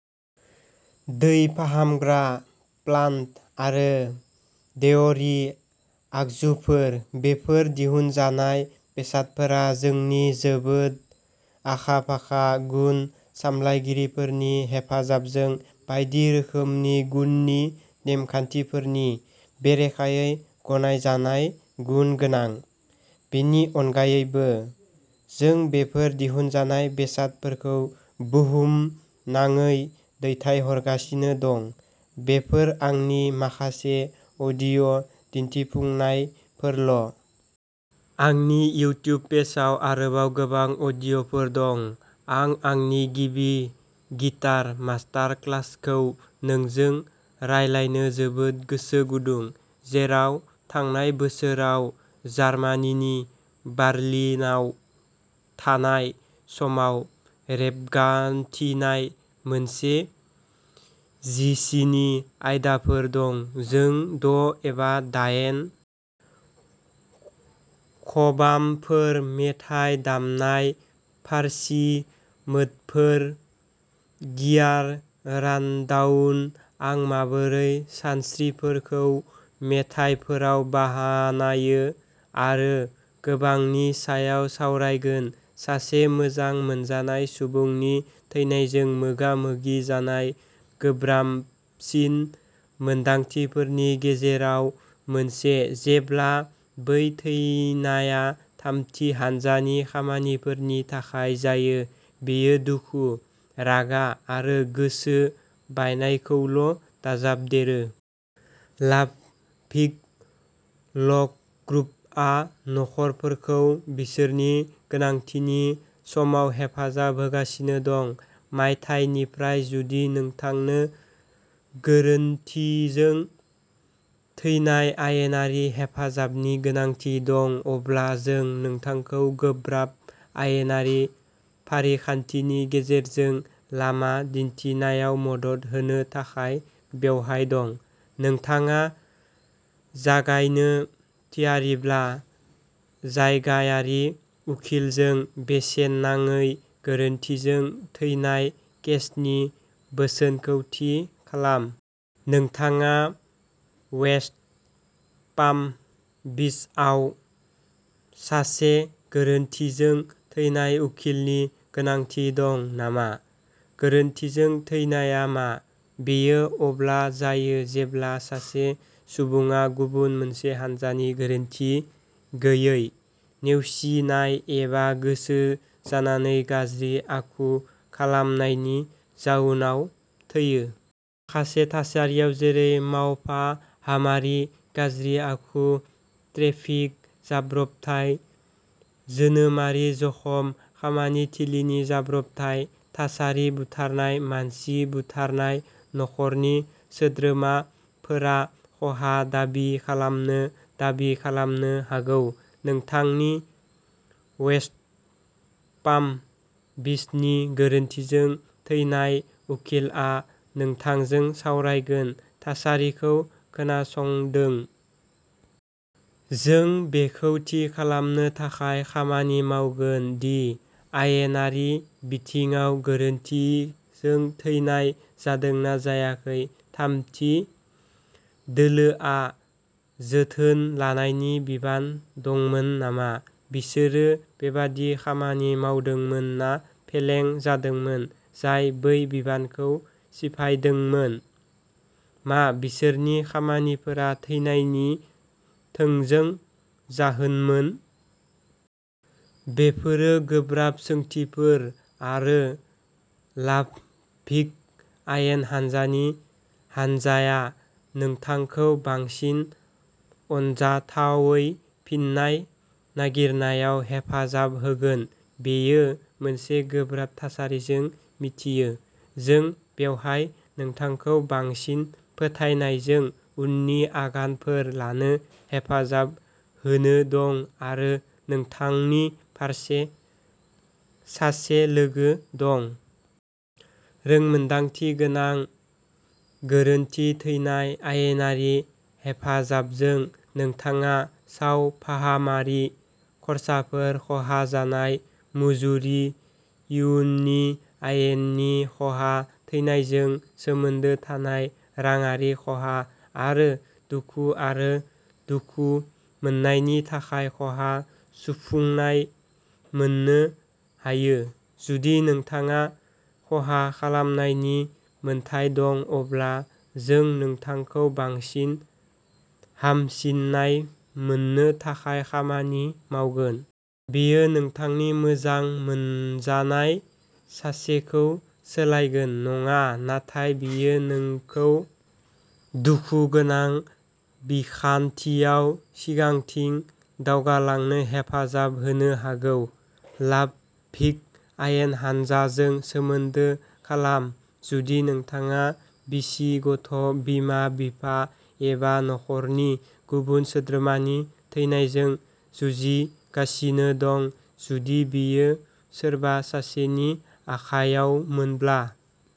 दै फाहामग्रा प्लान्ट आरो डेयरी आगजुफोर। बेफोर दिहुनजानाय बेसादफोरा जोंनि जोबोद आखा-फाखा गुन सामलायगिरिफोरनि हेफाजाबजों बायदि रोखोमनि गुननि नेमखान्थिफोरनि बेरेखायै गनायजानाय गुन गोनां। बेनि अनगायैबो, जों बेफोर दिहुनजानाय बेसादफोरखौ बुहुमनाङै दैथायहरगासिनो दं। बेफोर आंनि माखासे भिडिय'दिन्थिफुंनायफोरल'। आंनि इउटिउब पेजआव आरोबाव गोबां भिडिय'फोर दं! आं आंनि गिबि गिटार मास्टारक्लासखौ नोंजों रानलायनो जोबोद गोसो गुदुं, जेराव थांनाय बोसोराव जार्मानिनि बार्लिनाव थानाय समाव रेबगान्थिनाय मोनसे जिसिनि आयदाफोर दं। जों द' एबा दाइन खबामफोर, मेथाइ दामनाय, फारसी मोडफोर, गियार रानडाउन, आं माबोरै सानस्रिफोरखौ मेथाइफोराव बानायो आरो गोबांनि सायाव सावरायगोन सासे मोजां मोनजानाय सुबुंनि थैनायजों मोगा-मोगि जानाय गोब्राबसिन मोनदांथिफोरनि गेजेराव मोनसे जेब्ला बै थैनाया थामथि हान्जानि खामानिफोरनि थाखाय जायो, बेयो दुखु, रागा आरो गोसो बायनायखौल' दाजाबदेरो। लाब'भिक ल'ग्रुपआ न'खरफोरखौ बिसोरनि गोनांथिनि समाव हेफाजाब होगासिनो दं। मायथाइनिफ्राय जुदि नोंथांनो गोरोन्थिजों थैनाय आयेनारि हेफाजाबनि गोनांथि दं, अब्ला जों नोंथांखौ गोब्राब आयेनारि फारिखान्थिनि गेजेरजों लामा दिन्थिनायाव मदद होनो थाखाय बेवहाय दं। नोंथाङा जागायनो थियारिब्ला, जायगायारि उखिलजों बेसेन नाङै गोरोन्थिजों थैनाय केसनि बोसोनखौ थि खालाम। नोंथाङा वेस्ट पाम बीचआव सासे गोरोन्थिजों थैनाय उखिलनि गोनांथि दं नामा? "गोरोन्थिजों थैनाया" मा? बेयो अब्ला जायो जेब्ला सासे सुबुङा गुबुन मोनसे हान्जानि गोरोनथि गैयै, नेवसिनाय एबा गोसो जानानै गाज्रि आखु खालामनायनि जाउनाव थैयो। माखासे थासारियाव-जेरै सावफाहामारि गाज्रि आखु, ट्रेफिक जाब्रबथाय, जोनोमारि जखम, खामानि थिलिनि जाब्रबथाय थासारि, बुथारनाय मानसि बुथारनाय न; खरनि सोद्रोमाफोरा खहा दाबि खालामनो दाबि खालामनो हागौ। नोंथांनि वेस्ट पाम बीचनि गोरोन्थिजों थैनाय उखिलआ नोंथांजों सावरायगोन, थासारिखौ खोनासंदों। जों बेखौ थि खालामनो थाखाय खामानि मावगोन दि आयेनारि बिथिङाव गोरोन्थिजों थैनाय जादोंना जायाखै थामथि दोलोआ जोथोन लानायनि बिबान दंमोन नामा? बिसोरो बेबादि खामानि मावदोंमोन ना फेलें जादोंमोन जाय बै बिबानखौ सिफायदोंमोन? मा बिसोरनि खामानिफोरा थैनायनि थोंजों जाहोनमोन? बेफोरो गोब्राब सोंथिफोर, आरो लाब'भिक आयेन हान्जानि हान्जाया नोंथांखौ बांसिन अनजाथावै फिन्नाय नागिरनायाव हेफाजाब होगोन। बेयो मोनसे गोब्राब थासारिजों मिथियो। जों बेवहाय नोंथांखौ बांसिन फोथायनायजों उननि आगानफोर लानो हेफाजाब होनो दं आरो नोंथांनि फारसे सासे लोगो दं। रोंमोन्दांथि गोनां गोरोन्थि थैनाय आयेनारि हेफाजाबजों, नोंथाङा सावफाहामारि खर्साफोर खहा जानाय मुजुरि, इयुननि आयनि खहा, थैनायजों सोमोन्दो थानाय रांआरि खहा, आरो दुखु आरो दुखु मोन्नायनि थाखाय खहा सुफुंनाय मोन्नो हायो। जुदि नोंथाङा खहा खालामनायनि मोनथाय दं, अब्ला जों नोंथांखौ बांसिन हामसिननाय मोन्नो थाखाय खामानि मावगोन। बेयो नोंथांनि मोजां मोनजानाय सासेखौ सोलायगोन नङा नाथाय बेयो नोंखौ दुखुगोनां बिखान्थियाव सिगांथिं दावगालांनो हेफाजाब होनो हागौ। लाब'भिक आयेन हान्जाजों सोमोन्दो खालाम जुदि नोंथाङा बिसि, गथ ', बिमा-बिफा एबा नखरनि गुबुन सोद्रोमानि थैनायजों जुजिगासिनो दं। जुदि बेयो सोरबा सासेनि आखाइयावमोनब्ला।